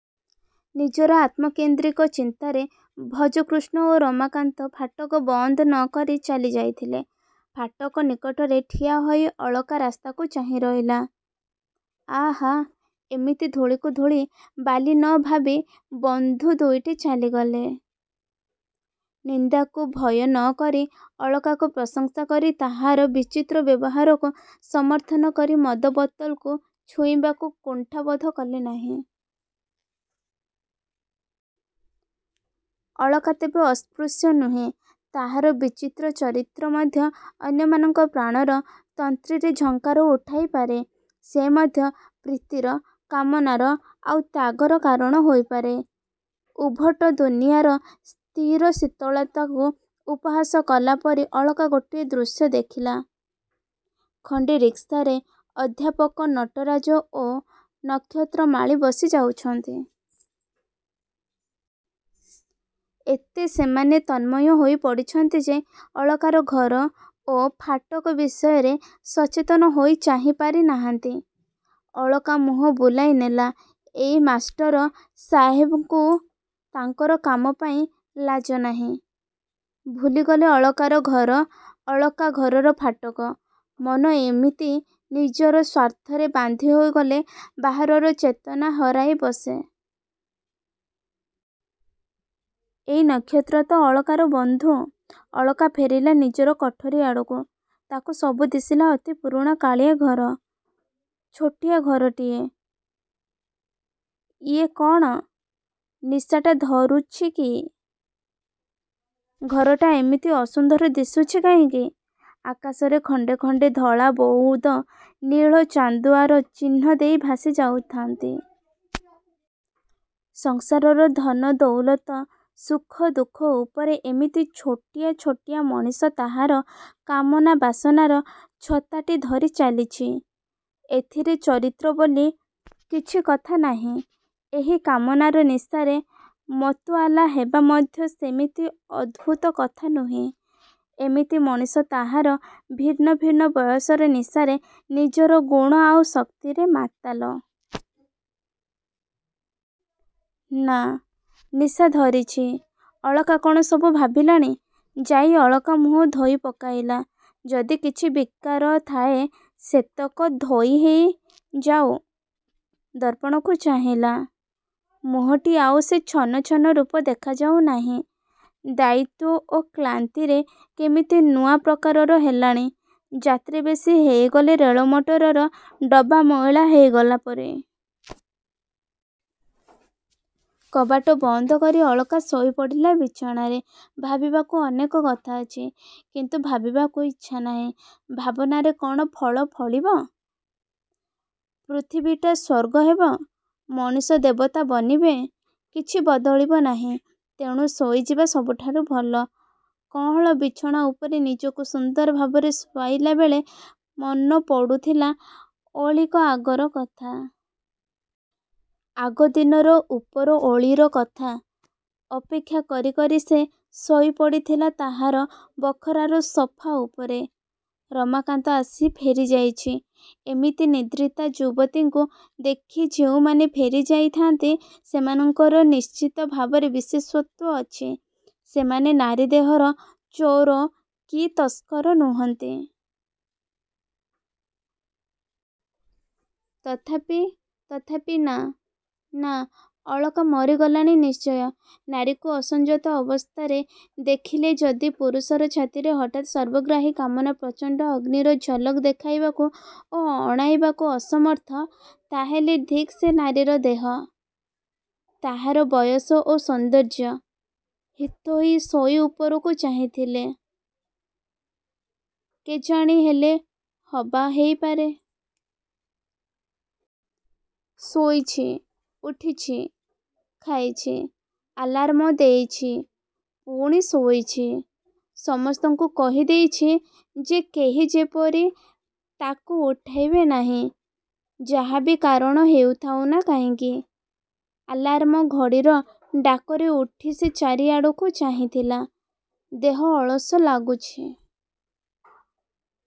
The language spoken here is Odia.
ନିଜର ଆତ୍ମକେନ୍ଦ୍ରିକ ଚିନ୍ତାରେ ଭଜକୃଷ୍ଣ ଓ ରମାକାନ୍ତ ଫାଟକ ବନ୍ଦ ନକରି ଚାଲି ଯାଇଥିଲେ। ଫାଟକ ନିକଟରେ ଠିଆ ହୋଇ ଅଳକା ରାସ୍ତାକୁ ଚାହିଁ ରହିଲା-ଆହା, ଏମିତି ଧୂଳିକୁ ଧୂଳି ବାଲି ନ ଭାବି ବଂଧୁ ଦୁଇଟି ଚାଲିଗଲେ। ନିନ୍ଦାକୁ ଭୟ ନକରି ଅଳକାକୁ ପ୍ରଶଂସା କରି ତାହାର ବିଚିତ୍ର ବ୍ୟବହାରକୁ ସମର୍ଥନ କରି ମଦ ବୋତଲକୁ ଛୁଇଁବାକୁ କୁଣ୍ଠାବୋଧ କଲେ ନାହିଁ। ଅଳକା ତେବେ ଅସ୍ପୃଶ୍ୟ ନୁହେଁ-ତାହାର ବିଚିତ୍ର ଚରିତ୍ର ମଧ୍ୟ ଅନ୍ୟମାନଙ୍କ ପ୍ରାଣର ତନ୍ତ୍ରୀରେ ଝଙ୍କାର ଉଠାଇ ପାରେ। ସେ ମଧ୍ୟ ପ୍ରୀତିର, କାମନାର, ଆଉ ତ୍ୟାଗର କାରଣ ହେଇପାରେ। ଉଦ୍ଭଟ ଦୁନିଆର ସ୍ଥିର ଶୀତଳତାକୁ ଉପହାସ କଲା ପରି ଅଳକା ଗୋଟିଏ ଦୃଶ୍ୟ ଦେଖିଲା-ଖଣ୍ଡେ ରିକ୍ସାରେ ଅଧ୍ୟାପକ ନଟରାଜ ଓ ନକ୍ଷତ୍ରମାଳୀ ବସି ଯାଉଛନ୍ତି। ଏତେ ସେମାନେ ତନ୍ମୟ ହୋଇ ପଡ଼ିଛନ୍ତି ଯେ ଅଳକାର ଘର ଓ ଫାଟକ ବିଷୟରେ ସଚେତନ ହୋଇ ଚାହିଁ ପାରି ନାହାନ୍ତି। ଅଳକା ମୁହଁ ବୁଲାଇ ନେଲା-ଏଇ ମାଷ୍ଟର ସାହେବଙ୍କୁ ତାଙ୍କର କାମ ପାଇଁ ଲାଜ ନାହିଁ। ଭୁଲିଗଲେ ଅଳକାର ଘର-ଅଳକା ଘରର ଫାଟକ। ମନ ଏମିତି ନିଜର ସ୍ୱାର୍ଥରେ ବାନ୍ଧି ହୋଇଗଲେ ବାହାରର ଚେତନା ହରାଇ ବସେ। -ଏଇ ନକ୍ଷତ୍ର ତ ଅଳକାର ବନ୍ଧୁ। ଅଳକା ଫେରିଲା ନିଜର କୋଠରୀ ଆଡ଼କୁ। ତାକୁ ସବୁ ଦିଶିଲା ଅତି ପୁରୁଣା କାଳିଆ ଘର-ଛୋଟିଆ ଘରଟିଏ। ଇଏ କ'ଣ? ନିଶାଟା ଧରୁଛି କି? ଘରଟା ଏମିତି ଅସୁନ୍ଦର ଦିଶୁଛି କାହିଁକି? ଆକାଶରେ ଖଣ୍ଡେ ଖଣ୍ଡେ ଧଳା ବଉଦ ନୀଳ ଚାନ୍ଦୁଆର ଚିହ୍ନ ଦେଇ ଭାସି ଯାଉଥାନ୍ତି। ସଂସାରର ଧନ ଦଉଲତ ସୁଖ ଦୁଃଖ ଉପରେ ଏମିତି ଛୋଟିଆ ଛୋଟିଆ ମଣିଷ ତାହାର କାମନା ବାସନାର ଛତାଟି ଧରି ଚାଲିଛି। ଏଥିରେ ଚରିତ୍ର ବୋଲି କିଛି କଥା ନାହିଁ। ଏହି କାମନାର ନିଶାରେ ମତୁଆଲା ହେବା ମଧ୍ୟ ସେମିତି ଅଦ୍ଭୁତ କଥା ନୁହେଁ। ଏମିତି ମଣିଷ ତାହାର ଭିନ୍ନ ଭିନ୍ନ ବୟସର ନିଶାରେ ନିଜର ଗୁଣ ଆଉ ଶକ୍ତିରେ ମାତାଲ। -ନା, ନିଶା ଧରିଛି। ଅଳକା କ'ଣ ସବୁ ଭାବିଲାଣି? ଯାଇ ଅଳକା ମୁହଁ ଧୋଇ ପକାଇଲା-ଯଦି କିଛି ବିକାର ଥାଏ ସେତକ ଧୋଇ ହେଇ ଯାଉ। ଦର୍ପଣକୁ ଚାହିଁଲା-ମୁହଁଟି ଆଉ ସେ ଛନ ଛନ ରୂପ ଦେଖାଉ ନାହିଁ। ଦାୟିତ୍ୱ ଓ କ୍ଳାନ୍ତିରେ କେମିତି ନୂଆ ପ୍ରକାରର ହେଲାଣି-ଯାତ୍ରୀ ବେଶି ହେଇଗଲେ ରେଳ ମଟରର ଡବା ମଇଳା ହେଇଗଲା ପରି। କବାଟ ବନ୍ଦ କରି ଅଳକା ଶୋଇପଡ଼ିଲା ବିଛଣାରେ-ଭାବିବାକୁ ଅନେକ କଥା ଅଛି। କିନ୍ତୁ ଭାବିବାକୁ ଇଚ୍ଛା ନାହିଁ। ଭାବନାରେ କ'ଣ ଫଳ ଫଳିବ? ପୃଥିବୀଟା ସ୍ୱର୍ଗ ହେବ? ମଣିଷ ଦେବତା ବନିବେ? କିଛି ବଦଳିବ ନାହିଁ। ତେଣୁ ଶୋଇଯିବା ସବୁଠାରୁ ଭଲ। କଅଁଳ ବିଛଣା ଉପରେ ନିଜକୁ ସୁନ୍ଦର ଭାବରେ ଶୁଆଇଲା ବେଳେ ମନ ପଡ଼ୁଥିଲା-ଓଳିକ ଆଗର କଥା। ଆଗଦିନର ଉପର ଓଳିର କଥା। ଅପେକ୍ଷା କରି କରି ସେ ଶୋଇପଡ଼ି ଥିଲା ତାହାର ବଖରାର ସୋଫା ଉପରେ। ରମାକାନ୍ତ ଆସି ଫେରିଯାଇଛି। ଏମିତି ନିଦ୍ରିତା ଯୁବତୀଙ୍କୁ ଦେଖି ଯେଉଁମାନେ ଫେରି ଯାଇଥାନ୍ତି ସେମାନଙ୍କର ନିଶ୍ଚିତ ଭାବରେ ବିଶେଷତ୍ୱ ଅଛି। ସେମାନେ ନାରୀ ଦେହର ଚୋର କି ତସ୍କର ନୁହନ୍ତି। ତଥାପି ତଥାପି ନା-ନା-ଅଳକା ମରିଗଲାଣି ନିଶ୍ଚୟ। ନାରୀକୁ ଅସଂଯତ ଅବସ୍ଥାରେ ଦେଖିଲେ ଯଦି ପୁରୁଷର ଛାତିରେ ହଠାତ୍ ସର୍ବଗ୍ରାସୀ କାମନା ପ୍ରଚଣ୍ଡ ଅଗ୍ନିର ଝଲକ ଦେଖାଇବାକୁ ଓ ଅଣାଇବାକୁ ଅସମର୍ଥ, ତାହାହେଲେ ଧିକ ସେ ନାରୀର ଦେହ-ତାହାର ବୟସ ଓ ସୌନ୍ଦର୍ଯ୍ୟ। ଚିତ୍ହୋଇ ଶୋଇ ଉପରକୁ ଚାହିଁଥିଲା-କେଜାଣି ହେଲେ ହବା ହେଇପାରେ। ଶୋଇଛି। ଉଠିଛି। ଖାଇଛି। ଆଲାର୍ମ ଦେଇଛି-ପୁଣି ଶୋଇଛି। ସମସ୍ତଙ୍କୁ କହି ଦେଇଛି ଯେ କେହି ଯେପରି ତା'କୁ ଉଠାଇବେ ନାହିଁ। ଯାହା ବି କାରଣ ହେଇଥାଉ ନା କାହିଁକି? ଆଲାର୍ମ ଘଡ଼ିର ଡାକରେ ଉଠି ସେ ଚାରିଆଡ଼କୁ ଚାହିଁଥିଲା-ଦେହ ଅଳସ ଲାଗୁଛି।